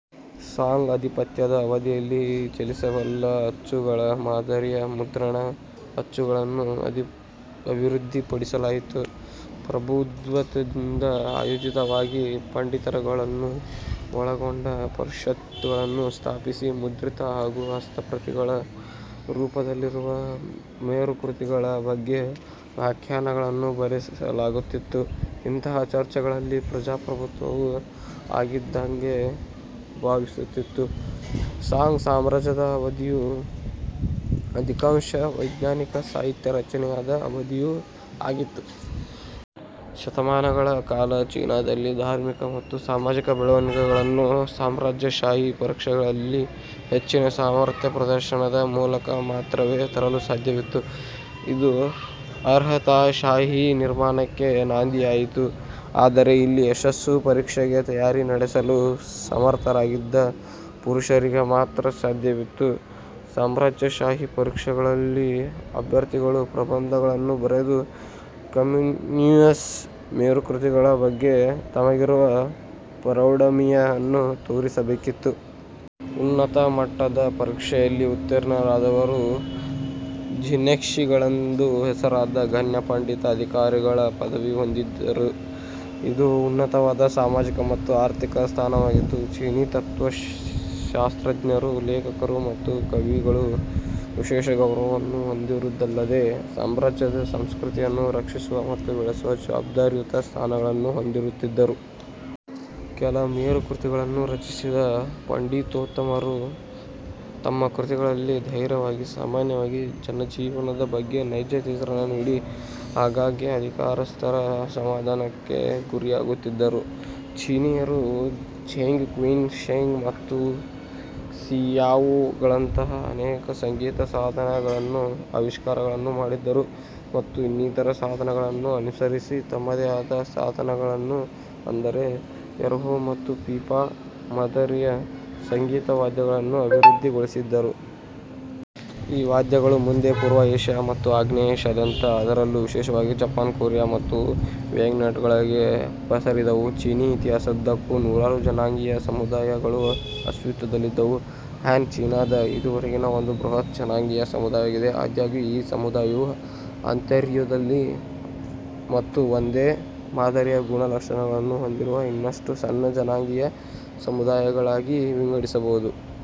Song ಅಧಿಪತ್ಯ ದ ಅವಧಿಯಲ್ಲಿ ಚಲಿಸಬಲ್ಲ ಅಚ್ಚುಗಳ ಮಾದರಿಯ ಮುದ್ರಣ ಅಚ್ಚು ಗಳನ್ನು ಅಭಿವೃದ್ಧಿಪಡಿಸಲಾಯಿತು. ಪ್ರಭುತ್ವದಿಂದ ಪ್ರಾಯೋಜಿತವಾಗಿ ಪಂಡಿತರುಗಳನ್ನು ಒಳಗೊಂಡ ಪರಿಷತ್ತುಗಳನ್ನು ಸ್ಥಾಪಿಸಿ, ಮುದ್ರಿತ ಹಾಗೂ ಹಸ್ತಪ್ರತಿಗಳ ರೂಪದಲ್ಲಿರುವ ಮೇರುಕೃತಿಗಳ ಬಗ್ಗೆ ವ್ಯಾಖ್ಯಾನಗಳನ್ನು ಬರೆಸಲಾಗುತ್ತಿತ್ತು. ಇಂತಹಾ ಚರ್ಚೆಗಳಲ್ಲಿ ಪ್ರಭುತ್ವವೂ ಆಗಿಂದ್ದಾಗ್ಗೆ ಭಾಗವಹಿಸುತ್ತಿತ್ತು. ಸಾಂಗ್ ಸಾಮ್ರಾಜ್ಯದ ಅವಧಿಯು ಅಧಿಕಾಂಶ ವೈಜ್ಞಾನಿಕ ಸಾಹಿತ್ಯ ರಚನೆಯಾದ ಅವಧಿಯೂ ಆಗಿತ್ತು. ಶತಮಾನಗಳ ಕಾಲ ಚೀನಾದಲ್ಲಿ ಧಾರ್ಮಿಕ ಮತ್ತು ಸಾಮಾಜಿಕ ಬೆಳವಣಿಗೆಗಳನ್ನು ಸಾಮ್ರಾಜ್ಯಶಾಹಿ ಪರೀಕ್ಷೆಗಳಲ್ಲಿ ಹೆಚ್ಚಿನ ಸಾಮರ್ಥ್ಯ ಪ್ರದರ್ಶನದ ಮೂಲಕ ಮಾತ್ರವೇ ತರಲು ಸಾಧ್ಯವಿತ್ತು. ಇದು ಅರ್ಹತಾಶಾಹಿಯ ನಿರ್ಮಾಣಕ್ಕೆ ನಾಂದಿಯಾಯಿತು. ಆದರೆ ಇಲ್ಲಿ ಯಶಸ್ಸು ಪರೀಕ್ಷೆಗೆ ತಯಾರಿ ನಡೆಸಲು ಸಮರ್ಥರಾಗಿದ್ದ ಪುರುಷರಿಗೆ ಮಾತ್ರ ಸಾಧ್ಯವಿತ್ತು. ಸಾಮ್ರಾಜ್ಯಶಾಹಿ ಪರೀಕ್ಷೆಗಳಲ್ಲಿ ಅಭ್ಯರ್ಥಿಗಳು ಪ್ರಬಂಧಗಳನ್ನು ಬರೆದು ಕನ್ಫ್ಯೂಷಿಯಸ್ ಮೇರುಕೃತಿಗಳ ಬಗ್ಗೆ ತಮಗಿರುವ ಪ್ರೌಢಿಮೆಯನ್ನು ತೋರಿಸಬೇಕಿತ್ತು. ಉನ್ನತ ಮಟ್ಟದ ಪರೀಕ್ಷೆಯಲ್ಲಿ ಉತ್ತೀರ್ಣರಾದವರು ಜಿನ್ಷಿ ಗಳೆಂದು ಹೆಸರಾದ ಗಣ್ಯ ಪಂಡಿತ-ಅಧಿಕಾರಿಗಳ ಪದವಿ ಹೊಂದಿರುತ್ತಿದ್ದರು. ಇದು ಉನ್ನತವಾದ ಸಾಮಾಜಿಕ ಮತ್ತು ಆರ್ಥಿಕ ಸ್ಥಾನವಾಗಿತ್ತು. ಚೀನೀ ತತ್ವಶಾಸ್ತ್ರಜ್ಞರು, ಲೇಖಕರು ಮತ್ತು ಕವಿಗಳು ವಿಶೇಷ ಗೌರವವನ್ನು ಹೊಂದಿರುತ್ತಿದ್ದುದಲ್ಲದೇ, ಸಾಮ್ರಾಜ್ಯದ ಸಂಸ್ಕೃತಿಯನ್ನು ರಕ್ಷಿಸುವ ಮತ್ತು ಬೆಳೆಸುವ ಜವಾಬ್ದಾರಿಯುತ ಸ್ಥಾನಗಳನ್ನು ಹೊಂದಿರುತ್ತಿದ್ದರು. ಕೆಲ ಮೇರುಕೃತಿಗಳನ್ನು ರಚಿಸಿದ ಪಂಡಿತೋತ್ತಮರು, ತಮ್ಮ ಕೃತಿಗಳಲ್ಲಿ ಧೈರ್ಯವಾಗಿ ಸಾಮಾನ್ಯ ಜನಜೀವನದ ಬಗ್ಗೆ ನೈಜ ಚಿತ್ರಣ ನೀಡಿ, ಆಗ್ಗಾಗ್ಗೆ ಅಧಿಕಾರಸ್ಥರ ಅಸಮಾಧಾನಕ್ಕೆ ಗುರಿಯಾಗುತ್ತಿದ್ದರು. ಚೀನೀಯರು ಝೆಂಗ್, ಕ್ವಿನ್, ಷೆಂಗ್, ಮತ್ತು ಕ್ಸಿಯಾವೋ ಗಳಂತಹಾ ಅನೇಕ ಸಂಗೀತ ಸಾಧನ ಗಳನ್ನು ಆವಿಷ್ಕಾರಗಳನ್ನು ಮಾಡಿದ್ದರು, ಮತ್ತು ಇನ್ನಿತರ ಸಾಧನಗಳನ್ನು ಅನುಸರಿಸಿ ತಮ್ಮದೇ ಆದ ಸಾಧನಗಳನ್ನು, ಅಂದರೆ ಎರ್ಹೂ ಮತ್ತು ಪಿಪಾ ಮದರಿಯ ಸಂಗೀತ ವಾದ್ಯಗಳನ್ನು ಅಭಿವೃದ್ಧಿಗೊಳಿಸಿದರು. ಈ ವಾದ್ಯಗಳು ಮುಂದೆ ಪೂರ್ವ ಏಷ್ಯಾ ಮತ್ತು ಆಗ್ನೇಯ ಏಷ್ಯಾದಾದ್ಯಂತ, ಅದರಲ್ಲೂ ವಿಶೇಷವಾಗಿ ಜಪಾನ್, ಕೊರಿಯಾ, ಮತ್ತು ವಿಯೆಟ್ನಾಂಗಳೆಡೆಗೆ ಪಸರಿಸಿದವು. ಚೀನೀ ಇತಿಹಾಸದುದ್ದಕ್ಕೂ ನೂರಾರು ಜನಾಂಗೀಯ ಸಮುದಾಯ ಗಳು ಅಸ್ತಿತ್ವದಲ್ಲಿದ್ದವು. ಹ್ಯಾನ್ ಚೀನಾದ ಇದುವರೆಗಿನ ಒಂದು ಬೃಹತ್ ಜನಾಂಗೀಯ ಸಮುದಾಯವಾಗಿದೆ. ಆದಾಗ್ಯೂ ಈ ಸಮುದಾಯವು ಅಂತರ್ಯದಲ್ಲಿ ಮತ್ತು ಒಂದೇ ಮಾದರಿಯ ಗುಣ-ಲಕ್ಷಣಗಳನ್ನು ಹೊಂದಿರುವ ಇನ್ನಷ್ಟು ಸಣ್ಣ ಜನಾಂಗೀಯ ಸಮುದಾಯಗಳಾಗಿ ವಿಂಗಡಿಸಬಹುದು.